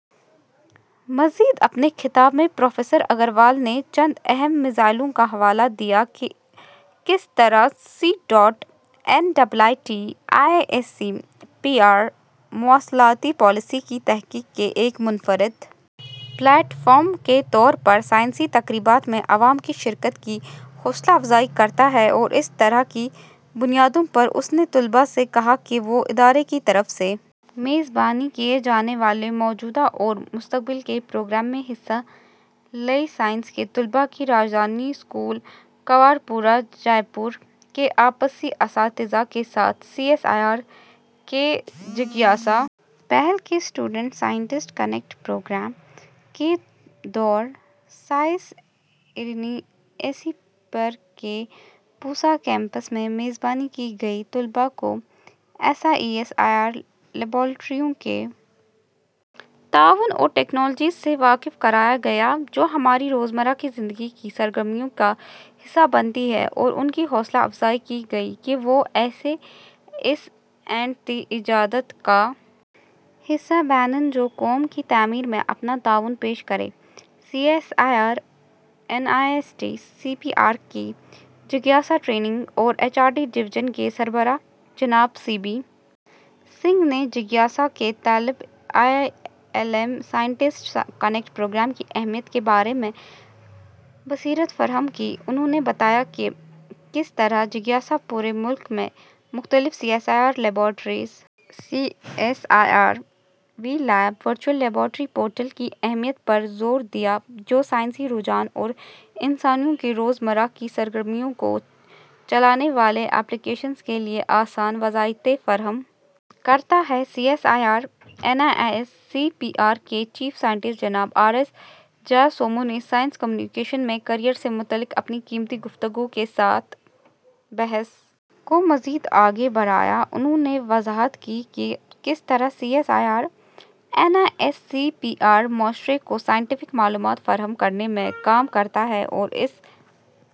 مزید اپنے خطاب میں پروفیسر اگروال نے چند اہم مثالوں کا حوالہ دیا کہ کس طرح C S I R N I S C P R مواصلاتی پالیسی کی تحقیق کے ایک منفرد پلیٹ فارم کے طور پر سائنسی تقریبات میں عوام کی شرکت کی حوصلہ افزائی کرتا ہے اور اسی طرح کی بنیادوں پر اس نے طلباء سے کہا کہ وہ ادارے کی طرف سے میزبانی کیے جانے والے موجودہ اور مستقبل کے پروگرام میں حصہ لیں سائنس کے طلباء کی راجدھانی اسکول کنور پورہ جے پور کے اپنے اساتذہ کے ساتھ سی ایس آئی آر کے جگیاسا پہل کے اسٹوڈنٹ سائنٹسٹ کنیکٹ پروگرام کے دوران C S I R N I S C P R کے پوسا کیمپس میں میزبانی کی گئی طلباء کو سی ایس آئی آر لیبارٹریوں کے تعاون اور ٹیکنالوجیز سے واقف کرایا گیا جو ہماری روزمرہ کی زندگی کی سرگرمیوں کا حصہ بنتی ہیں اور ان کی حوصلہ افزائی کی گئی کہ وہ ایسی ایس اینڈ ٹی ایجادات کا حصہ بنیں جو قوم کی تعمیر میں اپنا تعاون پیش کریں C S I R N I S C P R کے جگیاسا ٹریننگ اور ایچ آر ڈویژن کے سربراہ جناب سی بی سنگھ نے جگیاسا کے طالب علم سائنٹسٹ کنیکٹ پروگرام کی اہمیت کے بارے میں بصیرت فراہم کی انہوں نے بتایا کہ کس طرح جگیاسا پورے ملک میں مختلف سی ایس آئی آر لیبارٹریوں C S I R online virtual laboratory portal کی اہمیت پر زور دیا جو سائنسی رجحان اور انسانوں کی روزمرہ کی سرگرمیوں کو چلانے والی ایپلی کیشنز کے لیے آسان وضاحتیں فراہم کرتا ہے C S I R N I S C P R کے چیف سائنٹسٹ جناب آر ایس جیاسو مو نے سائنس کمیونیکیشن میں کیریئر سے متعلق اپنی قیمتی گفتگو کے ساتھ بحث کو مزید آگے بڑھایا انہوں نے وضاحت کی کہ کس طرح C S I R N I S C P R معاشرے کو سائنسی معلومات فراہم کرنے میں کام کرتا ہے اور اس